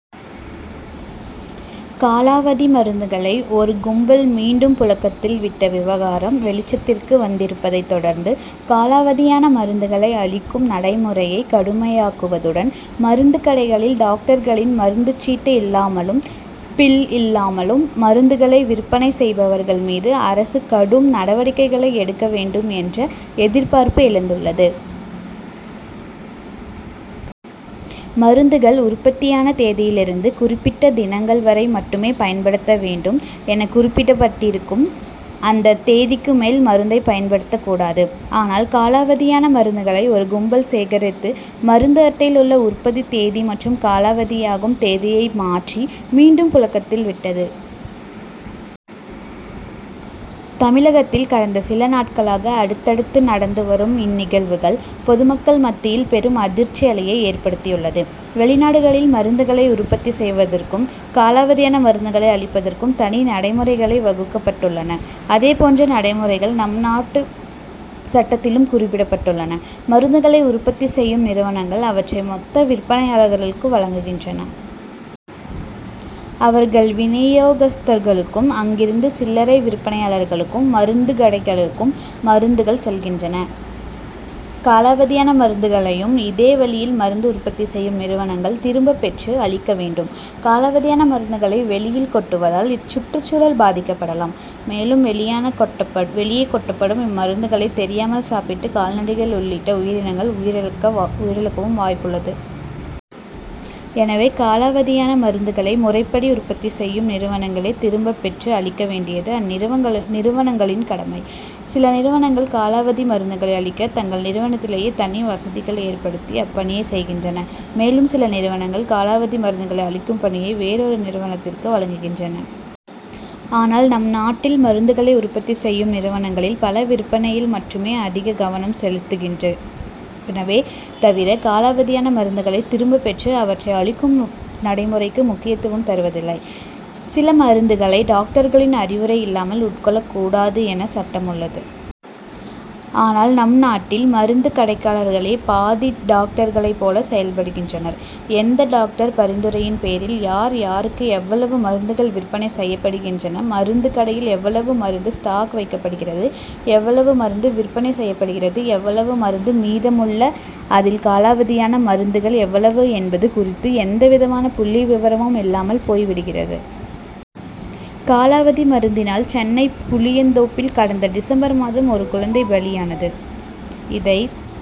காலாவதி மருந்துகளை ஒரு கும்பல் மீண்டும் புழக்கத்தில் விட்ட விவகாரம் வெளிச்சத்திற்கு வந்திருப்பதைத் தொடர்ந்து, காலாவதியான மருந்துகளை அழிக்கும் நடைமுறையை கடுமையாக்குவதுடன், மருந்துக் கடைகளில் டாக்டர்களின் மருந்துச் சீட்டு இல்லாமலும், பில் இல்லாமலும் மருந்துகளை விற்பனை செய்பவர்கள் மீது அரசு கடும் நடவடிக்கைகளை எடுக்க வேண்டும் என்ற எதிர்பார்ப்பு எழுந்துள்ளது. மருந்துகள் உற்பத்தியான தேதியிலிருந்து, குறிப்பிட்ட தினங்கள் வரை மட்டுமே பயன்படுத்த வேண்டும் என குறிப்பிடப்பட்டிருக்கும். அந்த தேதிக்கு மேல் மருந்தை பயன்படுத்தக் கூடாது. ஆனால், காலாவதியான மருந்துகளை ஒரு கும்பல் சேகரித்து, மருந்து அட்டையில் உள்ள உற்பத்தி தேதி மற்றும் காலாவதியாகும் தேதியை மாற்றி, மீண்டும் புழக்கத்தில் விட்டது. தமிழகத்தில் கடந்த சில நாட்களாக அடுத்தடுத்து நடந்து வரும் இந்நிகழ்வுகள், பொதுமக்கள் மத்தியில் பெரும் அதிர்ச்சி அலையை ஏற்படுத்தியுள்ளது. வெளிநாடுகளில் மருந்துகளை உற்பத்தி செய்வதற்கும், காலாவதியான மருந்துகளை அழிப்பதற்கும் தனி நடைமுறைகள் வகுக்கப் பட்டுள்ளன. அதே போன்ற நடைமுறைகள் நம் நாட்டு சட்டத்திலும் குறிப்பிடப்பட்டுள்ளன. மருந்துகளை உற்பத்தி செய்யும் நிறுவனங்கள், அவற்றை மொத்த விற்பனையாளருக்கு வழங்குகின்றன. அவர்கள் வினியோகஸ்தர்களுக்கும், அங்கிருந்து சில்லரை விற்பனையாளர்களுக்கும், மருந்துக் கடைகளுக்கும் மருந்துகள் செல்கின்றன. காலாவதியான மருந்துகளையும் இதே வழியில் மருந்து உற்பத்தி செய்யும் நிறுவனங்கள் திரும்பப் பெற்று அழிக்க வேண்டும். காலாவதியான மருந்துகளை வெளியில் கொட்டுவதால், சுற்றுச்சூழல் பாதிக்கப்படலாம். மேலும், வெளியே கொட்டப்படும் இம்மருந்துகளை தெரியாமல் சாப்பிட்டு, கால்நடைகள் உள்ளிட்ட உயிரினங்கள் உயிரிழக்கவும் வாய்ப்புள்ளது. எனவே, காலாவதியான மருந்துகளை, முறைப்படி உற்பத்தி செய்யும் நிறுவனங்களே திரும்பப் பெற்று அழிக்க வேண்டியது அந்நிறுவனங்களின் கடமை. சில நிறுவனங்கள் காலாவதி மருந்துகளை அழிக்க, தங்கள் நிறுவனத்திலேயே தனி வசதிகளை ஏற்படுத்தி அப்பணியைச் செய்கின்றன. மேலும், சில நிறுவனங்கள் காலாவதி மருந்துகளை அழிக்கும் பணியை வேறொரு நிறுவனத்திற்கு வழங்குகின்றன. ஆனால், நம் நாட்டில் மருந்துகளை உற்பத்தி செய்யும் நிறுவனங்களில் பல, விற்பனையில் மட்டுமே அதிக கவனம் செலுத்துகின்றனவே தவிர, காலாவதியான மருந்துகளை திரும்பப் பெற்று அவற்றை அழிக்கும் நடைமுறைக்கு முக்கியத்துவம் தருவதில்லை. சில மருந்துகளை டாக்டர்களின் அறிவுரை இல்லாமல் உட்கொள்ளக் கூடாது என சட்டம் உள்ளது. ஆனால், நம் நாட்டில் மருந்துக் கடைக்காரர்களே பாதி டாக்டர்களைப் போல செயல்படுகின்றனர். எந்த டாக்டர் பரிந்துரையின் பேரில், யார், யாருக்கு எவ்வளவு மருந்துகள் விற்பனை செய்யப்படுகின்றன, மருந்துக் கடையில் எவ்வளவு மருந்து ஸ்டாக் வைக்கப்படுகிறது, எவ்வளவு மருந்து விற்பனை செய்யப்படுகிறது, எவ்வளவு மருந்து மீதமுள்ள, அதில் காலாவதியான மருந்துகள் எவ்வளவு என்பது குறித்து எந்தவிதமான புள்ளி விவரமும் இல்லாமல் போய் விடுகிறது. காலாவதி மருந்தினால், சென்னை புளியந்தோப்பில் கடந்த டிசம்பர் மாதம் ஒரு குழந்தை பலியானது. இதைத்